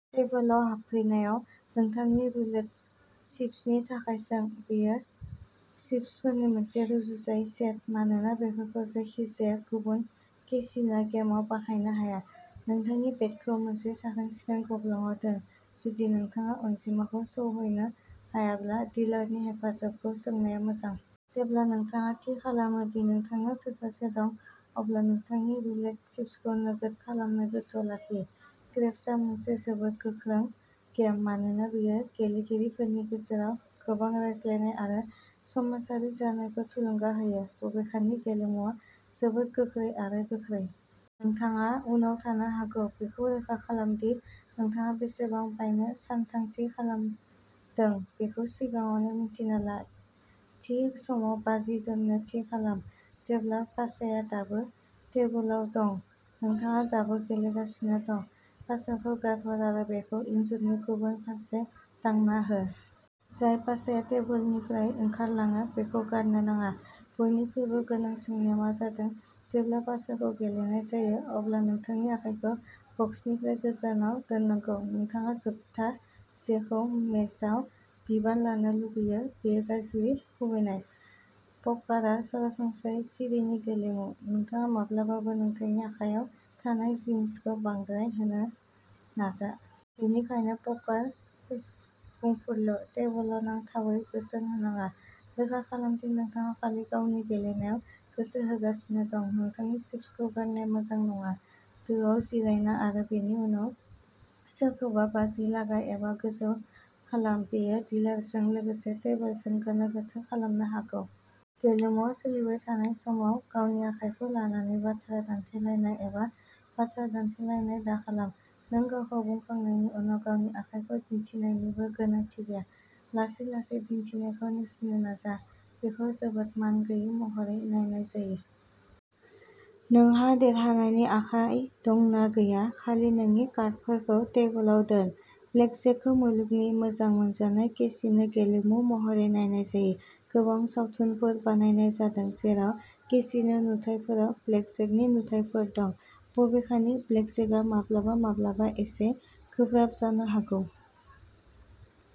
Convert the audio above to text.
टेबोलआव हाबफैनायाव, नोंथांनि रुलेट चिप्सनि थाखाय सों। बेयो चिप्सफोरनि मोनसे रुजुजायै सेट, मानोना बेफोरखौ जायखिजाया गुबुन केसिनो गेमआव बाहायनो हाया। नोंथांनि बेटखौ मोनसे साखोन-सिखोन गब्लंआव दोन, जुदि नोंथाङा अनजिमाखौ सौहैनो हायाब्ला डिलारनि हेफाजाबखौ सोंनाया मोजां। जेब्ला नोंथाङा थि खालामो दि नोंथांनाव थोजासे दं, अब्ला नोंथांनि रुलेट चिप्सखौ नोगोद खालामनो गोसोआव लाखि। क्रेप्सआ मोनसे जोबोद गोख्रों गेम, मानोना बेयो गेलेगिरिफोरनि गेजेराव गोबां रायज्लायनाय आरो समाजारि जानायखौ थुलुंगा होयो। बबेखानि, गेलेमुआ जोबोद गोख्रै आरो गोख्रै। नोंथाङा उनाव थानो हागौ। बेखौ रोखा खालाम दि नोंथाङा बेसेबां बायनो सानथांखि खालामदों बेखौ सिगाङावनो मिन्थिना ला। थि समाव बाजि दोन्नो थि खालाम, जेब्ला पासाया दाबो टेबुलआव दं, नोंथाङा दाबो गेलेगासिनो दं। पासाखौ गारहर आरो बेखौ इनजुरनि गुबुन फारसे दांना हो। जाय पासाया टेबुलनिफ्राय ओंखारलाङो बेखौ गारनो नाङा। बयनिख्रुइबो गोनांसिन नेमआ जादों जेब्ला पासाखौ गेलेनाय जायो, अब्ला नोंथांनि आखाइखौ बक्सनिफ्राय गोजानाव दोननांगौ। नोंथाङा जोबथा जेखौ मेजआव बिबान लानो लुगैयो बेयो गाज्रि खुबैनाय। पकारआ सरासनस्रायै सिरिनि गेलेमु; नोंथाङा माब्लाबाबो नोंथांनि आखायाव थानाय जिनिसखौ बांद्राय होनो नाजा। बेनिखायनो,'पकार फेस' बुंफुरलु। टेबुलआव नांथावै बोसोन होनाङा। रोखा खालाम दि नोंथाङा खालि गावनि गेलेनायाव गोसो होगासिनो दं। नोंथांनि चिप्सखौ गारनाया मोजां नङा। दोआव जिरायना आरो बेनि उनाव सोरखौबा बाजि लागाय एबा गोजौ खालाम; बेयो डिलारजों लोगोसे टेबोलजों गोनो-गोथो खालामनो हागौ। गेलेमुआ सोलिबाय थानाय समाव गावनि आखाइखौ लानानै बाथ्रा दान्थेलायनाय एबा बाथ्रा दान्थेलायनाय दाखालाम। नों गावखौ बुंखांनायनि उनाव गावनि आखाइखौ दिन्थिनायनिबो गोनांथि गैया। लासै लासै दिनथिनायखौ नेवसिनो नाजा, बेखौ जोबोद मानगैयै महरै नायनाय जायो। नोंहा देरहानायनि आखाइ दं ना गैया, खालि नोंनि कार्डफोरखौ टेबोलाव दोन। ब्लेकजेकखौ मुलुगनि मोजां मोनजानाय केसिनो गेलेमु महरै नायनाय जायो। गोबां सावथुनफोर बानायनाय जादों जेराव केसिनो नुथायफोराव ब्लेकजेकनि नुथाइफोर दं। बबेखानि, ब्लेकजेकआ माब्लाबा माब्लाबा एसे गोब्राब जानो हागौ।